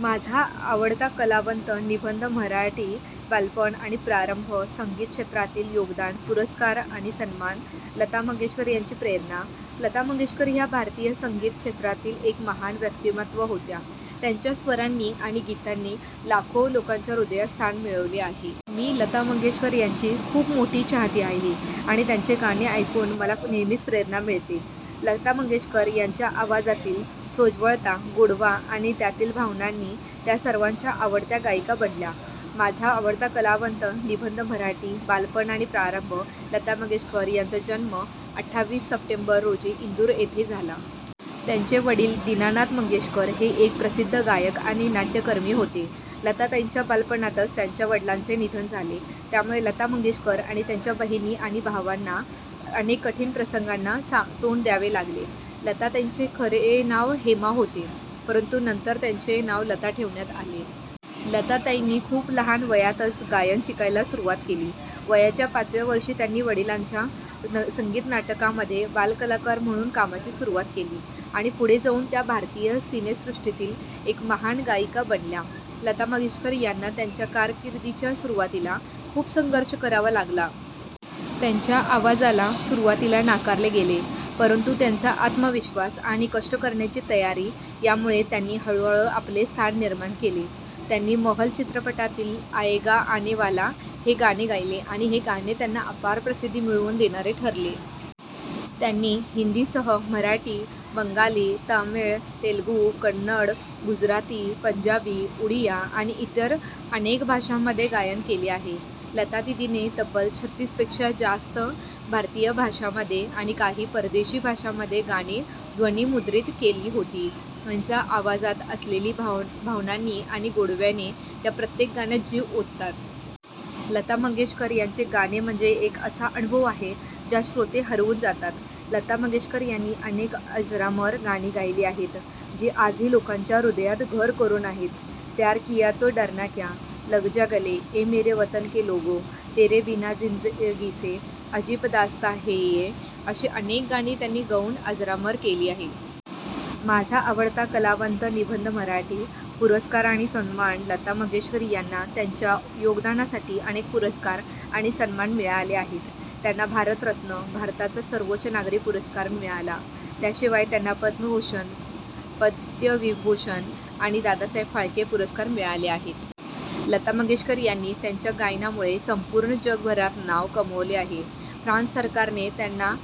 माझा आवडता कलावंत निबंध मराठी, बालपण आणि प्रारंभ, संगीत क्षेत्रातील योगदान, पुरस्कार आणि सन्मान, लता मंगेशकर यांची प्रेरणा. लता मंगेशकर ह्या भारतीय संगीत क्षेत्रातील एक महान व्यक्तिमत्त्व होत्या. त्यांच्या स्वरांनी आणि गीतांनी लाखो लोकांच्या हृदयात स्थान मिळवले आहे. मी लता मंगेशकर यांची खूप मोठी चाहती आहे आणि त्यांचे गाणे ऐकून मला नेहमीच प्रेरणा मिळते. लता मंगेशकर यांच्या आवाजातील सोज्वळता, गोडवा आणि त्यातल्या भावनांनी त्या सर्वांच्या आवडत्या गायिका बनल्या. माझा आवडता कलावंत निबंध मराठी, बालपण आणि प्रारंभ, लता मंगेशकर यांचा जन्म अठ्ठावीस सप्टेंबर रोजी इंदूर येथे झाला. त्यांचे वडील दीनानाथ मंगेशकर हे एक प्रसिद्ध गायक आणि नाट्यकर्मी होते. लता ताईंच्या बालपणातच त्यांच्या वडिलांचे निधन झाले, त्यामुळे लता मंगेशकर आणि त्यांच्या बहिणी आणि भावंडांना अनेक कठीण प्रसंगांना तोंड द्यावे लागले. लता ताईंचे खरे नाव हेमा होते, परंतु नंतर त्यांचे नाव लता ठेवण्यात आले. लता ताईंनी खूप लहान वयातच गायन शिकायला सुरुवात केली. वयाच्या पाचव्या वर्षी त्यांनी वडिलांच्या संगीत नाटकांमध्ये बालकलाकार म्हणून कामाची सुरुवात केली आणि पुढे जाऊन त्या भारतीय सिनेसृष्टीतील एक महान गायिका बनल्या. लता मंगेशकर यांना त्यांच्या कारकिर्दीच्या सुरुवातीला खूप संघर्ष करावा लागला. त्यांच्या आवाजाला सुरुवातीला नाकारले गेले. परंतु, त्यांचा आत्मविश्वास आणि कष्ट करण्याची तयारी यामुळे त्यांनी हळूहळू आपले स्थान निर्माण केले. त्यांनी महल चित्रपटातील आयेगा आनेवाला हे गाणे गायले आणि हे गाणे त्यांना अपार प्रसिद्धी मिळवून देणारे ठरले. त्यांनी हिंदीसह मराठी, बंगाली, तमिळ, तेलुगू, कन्नड, गुजराती, पंजाबी, उडिया आणि इतर अनेक भाषांमध्ये गायन केले आहे. लतादीदींनी तब्बल छत्तीसपेक्षा जास्त भारतीय भाषांमध्ये आणि काही परदेशी भाषांमध्ये गाणी ध्वनिमुद्रित केली होती. त्यांच्या आवाजात असलेल्या भावनांनी आणि गोडव्याने त्या प्रत्येक गाण्यात जीव ओततात. लता मंगेशकर यांचे गाणे म्हणजे एक असा अनुभव आहे, ज्यात श्रोते हरवून जातात. लता मंगेशकर यांनी अनेक अजरामर गाणी गायली आहेत, जी आजही लोकांच्या हृदयात घर करून आहेत. प्यार किया तो डरना क्या, लग जा गले, ए मेरे वतन के लोगो, तेरे बिना जिंदगी से, अजीब दास्ताँ है ये अशी अनेक गाणी त्यांनी गाऊन अजरामर केली आहेत. माझा आवडता कलावंत निबंध मराठी, पुरस्कार आणि सन्मान, लता मंगेशकर यांना त्यांच्या योगदानासाठी अनेक पुरस्कार आणि सन्मान मिळाले आहेत. त्यांना भारतरत्न, भारताचा सर्वोच्च नागरी पुरस्कार, मिळाला. त्याशिवाय, त्यांना पद्मभूषण, पद्मविभूषण आणि दादासाहेब फाळके पुरस्कार मिळाले आहेत. लता मंगेशकर यांनी त्यांच्या गायनामुळे संपूर्ण जगभरात नाव कमावले आहे. फ्रान्स सरकारने त्यांना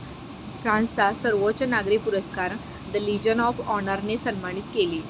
फ्रान्सचा सर्वोच्च नागरी पुरस्कार, द लीजन ऑफ ऑनर, ने सन्मानित केले.